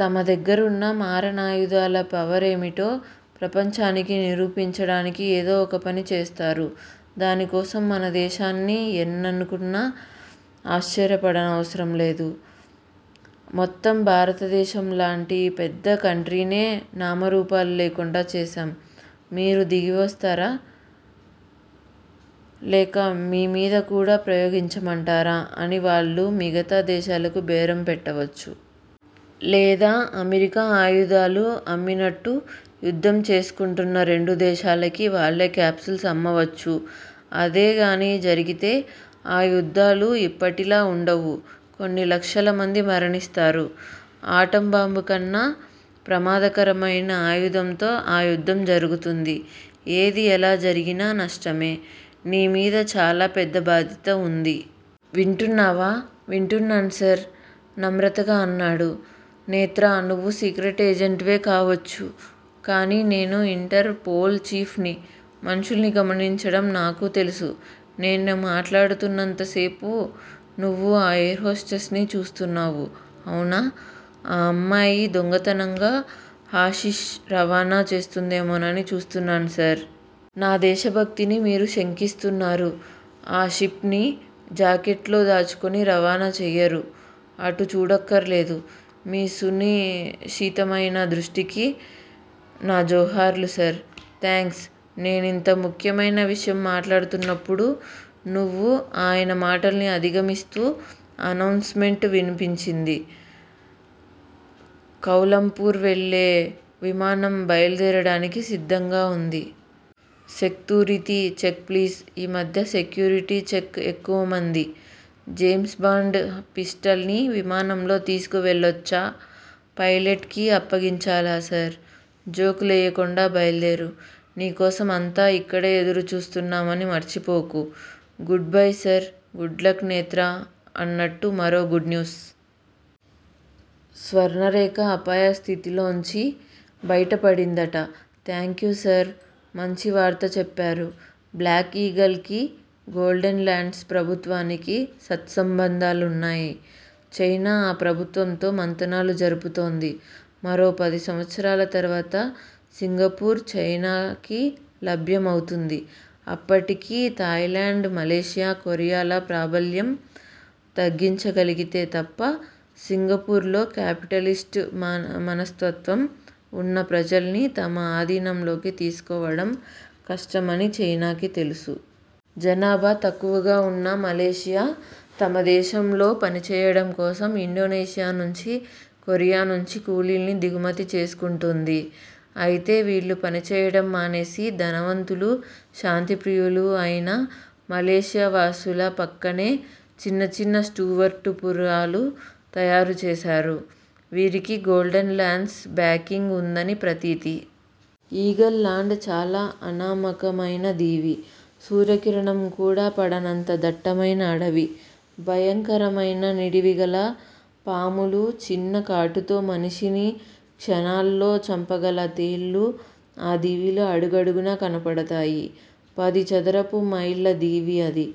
తమ దగ్గరున్న మారణాయుధాల పవర్ ఏమిటో ప్రపంచానికి నిరూపించడానికి ఏదో ఒక పని చేస్తారు. దానికోసం మన దేశాన్ని ఎన్నుకున్నా ఆశ్చర్యపడనవసరంలేదు. మొత్తం భారతదేశంలాంటి పెద్ద కంట్రీనే నామరూపాలు లేకుండా చేశాం- మీరు దిగివస్తారా- లేక మీమీద కూడా ప్రయోగించమంటారా అని వాళ్ళు మిగతా దేశాలకు బేరం పెట్టవచ్చు. లేదా- అమెరికా ఆయుధాలు అమ్మినట్టు యుద్ధం చేసుకుంటున్న రెండు దేశాలకీ వాళ్ళే క్యాప్సూల్స్ అమ్మవచ్చు. అదేగానీ జరిగితే ఆ యుద్ధాలు ఇప్పటిలా వుండవు. కొన్ని లక్షలమంది మరణిస్తారు. ఆటంబాంబుకన్నా ప్రమాదకరమైన ఆయుధంతో ఆ యుద్ధం జరుగుతుంది. ఏది ఎలా జరిగినా నష్టమే. నీ మీద చాలా పెద్ద బాధ్యత వుంది. వింటున్నావా? వింటున్నాను సార్ నమత్రగా అన్నాడు. నేత్రా, నువ్వు సీక్రెట్ ఏజెంట్ వే కావొచ్చు. కానీ నేను ఇంటర్ పోల్ చీఫ్ ని. మనుష్యుల్ని గమనించడం నాకూ తెలుసు. నేను మాట్లాడుతున్నంతసేపూ నువ్వు ఆ ఎయిర్ హోస్టెస్ ని చూస్తున్నావు. అవునా? ఆ అమ్మాయి దొంగతనంగా హషిష్ రవాణా చేస్తుందేమోనని చూస్తున్నాను సార్. నా దేశభక్తిని మీరు శంకిస్తున్నారు. హషిప్ ని జాకెట్ లో దాచుకుని రవాణా చెయ్యరు. అటు చూడక్కర్లేదు. మీ సునిశితమైన దృష్టికి నా జోహార్లు సర్. థాంక్స్ నేనింత ముఖ్యమైన విషయం మాట్లాడుతున్నప్పుడు నువ్వు ఆయన మాటల్ని అధిగమిస్తూ అనౌన్స్ మెంట్ వినిపించింది. కౌలాలంపూర్ వెళ్ళే విమానం బయల్దేరడానికి సిద్ధంగా వుంది. సేక్తూరితీ చెక్ ప్లీజ్- ఈ మధ్య సెక్యూరిటీ చెక్ ఎక్కువమంది. జేమ్స్ బాండ్ పిస్టల్ ని విమానంలో తీసుకు వెళ్ళొచ్చా? పైలెట్ కి అప్పగించాలా సార్? జోకు లెయ్యకుండా బయల్దేరు. నీ కోసం అంతా ఇక్కడ ఎదురు చూస్తున్నామని మర్చిపోకు. Goodbye sir- good luck Netra- అన్నట్టు మరో గుడ్ న్యూస్. స్వర్ణరేఖ అపాయ స్థితిలోంచి బైటపడిందట. Thank you sir. మంచివార్త చెప్పారు. బ్లాక్ ఈగిల్ కి, గోల్డెన్ లాండ్స్ ప్రభుత్వానికీ సత్సంబంధాలున్నాయి. చైనా ఆ ప్రభుత్వంతో మంతనాలు జరుపుతోంది. మరో పది సంవత్సరాల తరువాత సింగపూర్ చైనాకి లభ్యమవుతుంది. అప్పటికి థాయిలాండ్, మలేషియా, కొరియాల ప్రాబల్యం తగ్గించగలిగితే తప్ప, సింగపూర్ లో కాపిటలిస్టు మనస్తత్వం వున్న ప్రజల్ని తమ ఆధీనంలోకి తీసుకోవడం కష్టం అని చైనాకి తెలుసు. జనాభా తక్కువగా వున్న మలేషియా, తమ దేశంలో పని చెయ్యడంకోసం ఇండోనేషియా నుంచీ, కొరియా నుంచి కూలీల్ని దిగుమతి చేసుకుంటూంది. అయితే వీళ్ళు పని చేయడం మానేసి, ధనవంతులూ, శాంతిప్రియులూ అయిన మలేషియా వాసుల పక్కనే చిన్న చిన్న స్టూవర్టుపురాలు తయారు చేశారు. వీరికి గోల్డెన్ లాండ్స్ బ్యాకింగ్ వుందని ప్రతీతి. ఈగిల్ లాండ్ చాలా అనామకమైన దీవి. సూర్యకిరణం కూడా పడనంత దట్టమైన అడవి. భయంకరమైన నిడివిగల పాములు, చిన్న కాటుతో మనిషిని క్షణాల్లో చంపగల తేళ్ళు ఆ దివిలో అడుగడుగునా కనపడతాయి. పది చదరపు మైళ్ళదీవి అది.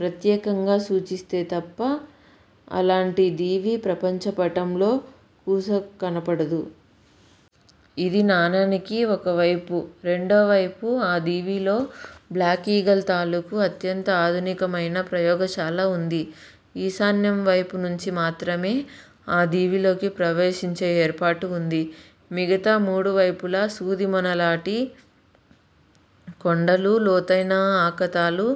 ప్రత్యేకంగా సూచిస్తే తప్ప, అలాంటి దీవి ప్రపంచపటంలో కూసా కనబడదు. ఇది నాణేనికి ఒకవైపు రెండో వైపు ఆ దీవిలో బ్లాక్ ఈగిల్ తాలూకు అత్యంత ఆధునికమైన ప్రయోగశాల వుంది. ఈశాన్యం వైపునుంచి మాత్రమే ఆ దీవిలోకి ప్రవేశించే ఏర్పాటు వుంది. మిగతా మూడువైపులా సూదిమొనలాటి కొండలూ, లోతైన అఖాతాలు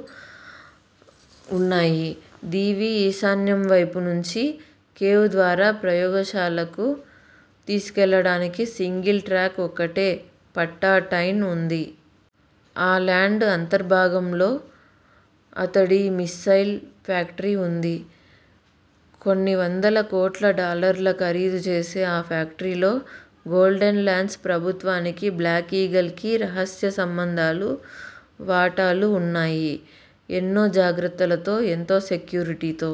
వున్నాయి. దీవి ఈశాన్యం వైపునుంచి, కేవ్ ద్వారా ప్రయోగశాలకు తీసుకువెళ్ళడానికి సింగిల్ ట్రాక్ ఒకటే పట్టా_ టైన్ వుంది. ఆ లాండ్ అంతర్భాగంలో అతడి మిస్సైల్ ఫ్యాక్టరీ వుంది. కొన్ని వందల కోట్ల డాలర్ల ఖరీదు చేసే ఆ ఫ్యాక్టరీలో గోల్డెన్ లాండ్స్ ప్రభుత్వానికీ, బ్లాక్ ఈగిల్ కీ రహస్య సంబంధాలు, వాటాలూ వున్నాయి. ఎన్నో జాగ్రత్తలతో, ఎంతో సెక్యూరిటీతో